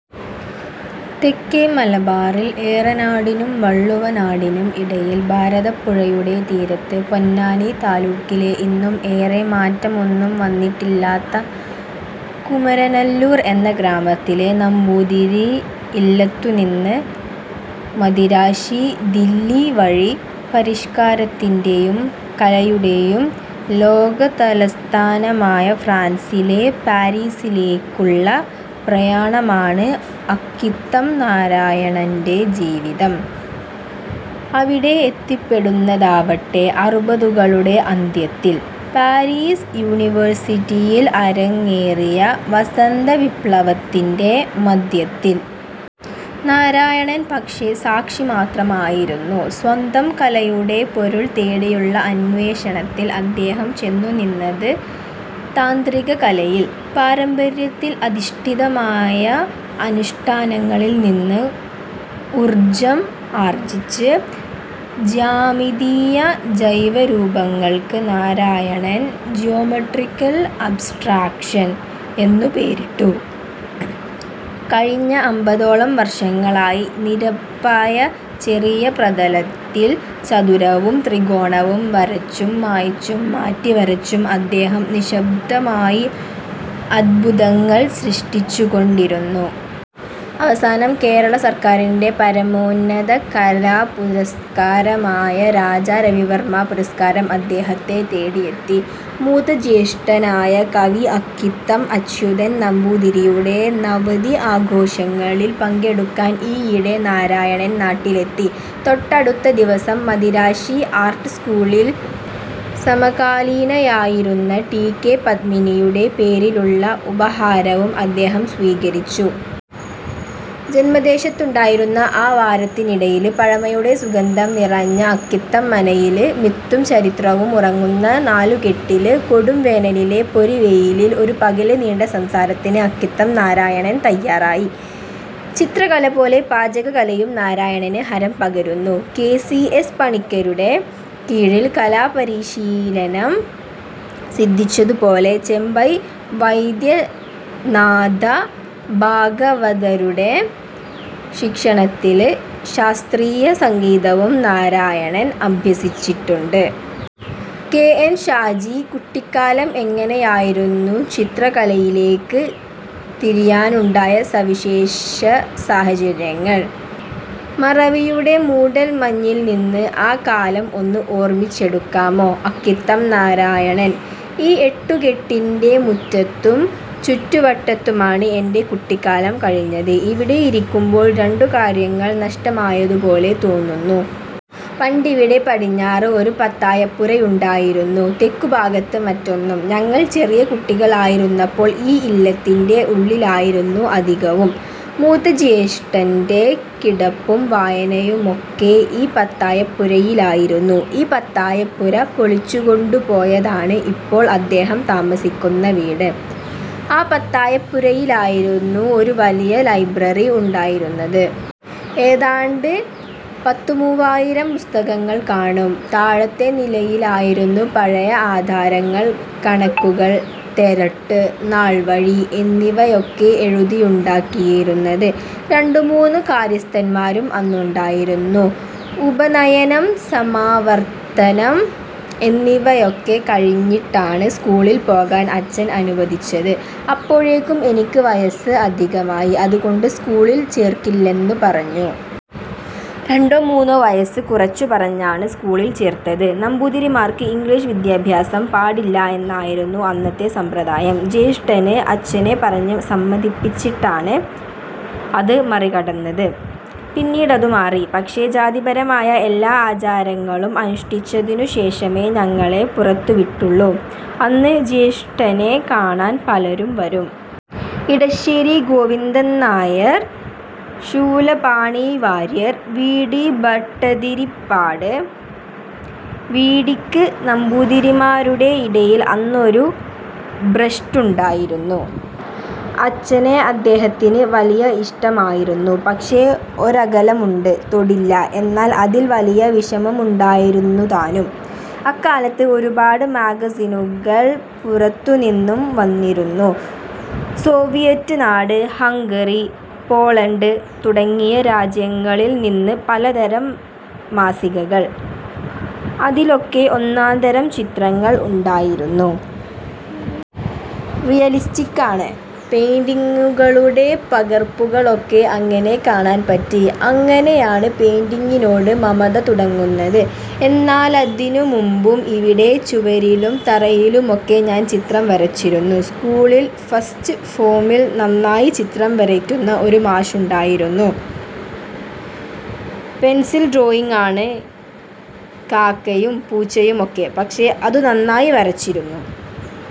തെക്കേ മലബാറിൽ ഏറനാടിനും വള്ളുവനാടിനും ഇടയിൽ, ഭാരതപ്പുഴയുടെ തീരത്ത്, പൊന്നാനി താലൂക്കിലെ ഇന്നും ഏറെ മാറ്റമൊന്നും വന്നിട്ടില്ലാത്ത കുമരനല്ലൂർ എന്ന ഗ്രാമത്തിലെ നമ്പൂതിരി ഇല്ലത്തുനിന്ന് മദിരാശി, ദില്ലി വഴി പരിഷ്കാരത്തിന്റെയും കലയുടെയും ലോകതലസ്ഥാനമായ ഫ്രാൻസിലെ പാരീസിലേക്കുള്ള പ്രയാണമാണ് അക്കിത്തം നാരായണന്റെ ജീവിതം. അവിടെ എത്തിപ്പെടുന്നതാവട്ടെ അറുപതുകളുടെ അന്ത്യത്തിൽ, പാരീസ് യൂണിവേഴ്സിറ്റിയിൽ അരങ്ങേറിയ ' വസന്തവിപ്ലവ'ത്തിന്റെ മധ്യത്തിൽ. നാരായണൻ പക്ഷേ, സാക്ഷി മാത്രമായിരുന്നു. സ്വന്തം കലയുടെ പൊരുൾ തേടിയുള്ള അന്വേഷണത്തിൽ അദ്ദേഹം ചെന്നുനിന്നത് താന്ത്രിക കലയിൽ. പാരമ്പര്യത്തിൽ അധിഷ്ഠിതമായ അനുഷ്ഠാനങ്ങളിൽ നിന്ന് ഉർജ്ജം ആർജിച് ജ്യാമിതീയ ജൈവരൂപങ്ങൾക്ക് നാരായണൻ ' ജ്യോമട്രിക്കൽ അബ്സ്ട്രാക്ഷൻ ' എന്നു പേരിട്ടു. കഴിഞ്ഞ അമ്പതോളം വർഷങ്ങളായി നിരപ്പായ ചെറിയ പ്രതലത്തിൽ, ചതുരവും ത്രികോണവും വരച്ചും മായ്ച്ചും മാറ്റിവരച്ചും അദ്ദേഹം നിശ്ശബ്ദമായി അദ്ഭുതങ്ങൾ സൃഷ്ടിച്ചുകൊണ്ടിരിക്കുന്നു. അവസാനം, കേരള സർക്കാരിന്റെ പരമോന്നത കലാപുരസ്കാരമായ രാജാ രവിവർമ്മ പുരസ്കാരം അദ്ദേഹത്തെ തേടിയെത്തി. മൂത്ത ജ്യേഷ്ഠനായ കവി അക്കിത്തം അച്യുതൻ നമ്പൂതിരിയുടെ നവതി ആഘോഷങ്ങളിൽ പങ്കെടുക്കാൻ ഈയിടെ നാരായണൻ നാട്ടിലെത്തി. തൊട്ടടുത്ത ദിവസം മദിരാശി ആർട്ട് സ്കൂളിൽ സമകാലീനയായിരുന്ന ടി. കെ. പത്മിനിയുടെ പേരിലുള്ള ഉപഹാരവും അദ്ദേഹം സ്വീകരിച്ചു. ജന്മദേശത്തുണ്ടായിരുന്ന ആ ഒരു വാരത്തിനിടയില്, പഴമയുടെ സുഗന്ധംനിറഞ്ഞ അക്കിത്തം മനയില് മിത്തും ചരിത്രവും ഉറങ്ങുന്ന നാലുകെട്ടില്, കൊടുംവേനലിലെ പൊരിവെയിലിൽ, ഒരു പകല് നീണ്ട സംസാരത്തിന് അക്കിത്തം നാരായണൻ തയ്യാറായി. ചിത്രകലപോലെ പാചകകലയും നാരായണന് ഹരം പകരുന്നു. കെ. സി. എസ്. പണിക്കരുടെ കീഴില് കലാപരിശീലനം സിദ്ധിച്ചതുപോലെ, ചെമ്പൈ വൈദ്യനാഥ ഭാഗവതരുടെ ശിക്ഷണത്തില് ശാസ്ത്രീയ സംഗീതവും നാരായണൻ അഭ്യസിച്ചിട്ടുണ്ട്. കെ. എൻ. ഷാജി: കുട്ടിക്കാലം എങ്ങനെയായിരുന്നു? ചിത്രകലയിലേക്ക് തിരിയാനുണ്ടായ സവിശേഷ സാഹചര്യങ്ങൾ? മറവിയുടെ മൂടൽ മഞ്ഞിൽ നിന്ന് ആ കാലം ഒന്ന് ഓർമിച്ചെടുക്കാമോ. അക്കിത്തം നാരായണൻ: ഈ എട്ടുകെട്ടിന്റെ മുറ്റത്തും ചുറ്റുവട്ടത്തുമാണ് എന്റെ കുട്ടിക്കാലം കഴിഞ്ഞത്. ഇവിടെ ഇരിക്കുമ്പോൾ, രണ്ടു കാര്യങ്ങൾ നഷ്ടമായതുപോലെ തോന്നുന്നു. പണ്ടിവിടെ പടിഞ്ഞാറ് ഒരു പത്തായപ്പുരയുണ്ടായിരുന്നു. തെക്കുഭാഗത്ത് മറ്റൊന്നും. ഞങ്ങൾ ചെറിയ കുട്ടികളായിരുന്നപ്പോൾ, ഈ ഇല്ലത്തിന്റെ ഉള്ളിലായിരുന്നു അധികവും. മൂത്ത ജ്യേഷ്ഠന്റെ കിടപ്പും വായനയുമൊക്കെ ഈ പത്തായപ്പുരയിലായിരുന്നു. ഈ പത്തായപ്പുര പൊളിച്ചുകൊണ്ടുപോയതാണ് ഇപ്പോൾ അദ്ദേഹം താമസിക്കുന്ന വീട്. ആ പത്തായപ്പുരയിലായിരുന്നു ഒരു വലിയ ലൈബ്രറി ഉണ്ടായിരുന്നത്. ഏതാണ്ട് പത്തുമൂവായിരം പുസ്തകങ്ങൾ കാണും. താഴത്തെ നിലയിലായിരുന്നു, പഴയ ആധാരങ്ങൾ, കണക്കുകൾ, തെരട്ട്, നാൾവഴി എന്നിവയൊക്കെ എഴുതിയുണ്ടാക്കിയിരുന്നത്. രണ്ടുമൂന്ന് കാര്യസ്ഥന്മാരും അന്നുണ്ടായിരുന്നു. ഉപനയനം, സമാവർത്തനം എന്നിവയൊക്കെ കഴിഞ്ഞിട്ടാണ് സ്കൂളിൽ പോകാൻ അച്ഛൻ അനുവദിച്ചത്. അപ്പോഴേക്കും എനിക്ക് വയസ്സ് അധികമായി. അതുകൊണ്ട് സ്കൂളിൽ ചേർക്കില്ലെന്ന് പറഞ്ഞു. രണ്ടോ മൂന്നോ വയസ്സ് കുറച്ചുപറഞ്ഞാണ് സ്കൂളിൽ ചേർത്തത്. നമ്പൂതിരിമാർക്ക് ഇംഗ്ലീഷ് വിദ്യാഭ്യാസം പാടില്ല എന്നായിരുന്നു അന്നത്തെ സമ്പ്രദായം. ജ്യേഷ്ഠന് അച്ഛനെ പറഞ്ഞ് സമ്മതിപ്പിച്ചിട്ടാണ് അത് മറികടന്നത്. പിന്നീടതു മാറി. പക്ഷേ, ജാതിപരമായ എല്ലാ ആചാരങ്ങളും അനുഷ്ഠിച്ചതിനുശേഷമേ ഞങ്ങളെ പുറത്തുവിട്ടുള്ളൂ. അന്ന് ജ്യേഷ്ഠനെ കാണാൻ പലരും വരും. Edasseri Govindan Nair, Soolapani Warrier, V. T. Bhattathiripad. V. ടി. ക്ക് നമ്പൂതിരിമാരുടെ ഇടയിൽ അന്നൊരു ഭ്രഷ്ടുണ്ടായിരുന്നു. അച്ഛനെ അദ്ദേഹത്തിന് വലിയ ഇഷ്ടമായിരുന്നു. പക്ഷേ, ഒരകലമുണ്ട്, തൊടില്ല. എന്നാൽ അതിൽ വലിയ വിഷമമുണ്ടായിരുന്നുതാനും. അക്കാലത്ത് ഒരുപാട് മാഗസിനുകൾ പുറത്തുനിന്നും വന്നിരുന്നു. സോവിയറ്റ് നാട്, ഹംഗറി, പോളണ്ട് തുടങ്ങിയ രാജ്യങ്ങളിൽ നിന്ന് പലതരം മാസികകൾ, അതിലൊക്കെ ഒന്നാന്തരം ചിത്രങ്ങൾ ഉണ്ടായിരുന്നു. റിയലിസ്റ്റിക്കാണ്. പെയിന്റിങ്ങുകളുടെ പകർപ്പുകളൊക്കെ അങ്ങനെ കാണാൻ പറ്റി. അങ്ങനെയാണ് പെയിന്റിങ്ങിനോട് മമത തുടങ്ങുന്നത്. എന്നാലതിനുമുമ്പും ഇവിടെ ചുവരിലും തറയിലുമൊക്കെ ഞാൻ ചിത്രം വരച്ചിരുന്നു. സ്കൂളിൽ, ഫസ്റ്റ് ഫോമിൽ നന്നായി ചിത്രം വരയ്ക്കുന്ന ഒരു മാഷുണ്ടായിരുന്നു. പെൻസിൽ ഡ്രോയിങ്ങാണ്, കാക്കയും പൂച്ചയുമൊക്കെ. പക്ഷേ, അതു നന്നായി വരച്ചിരുന്നു.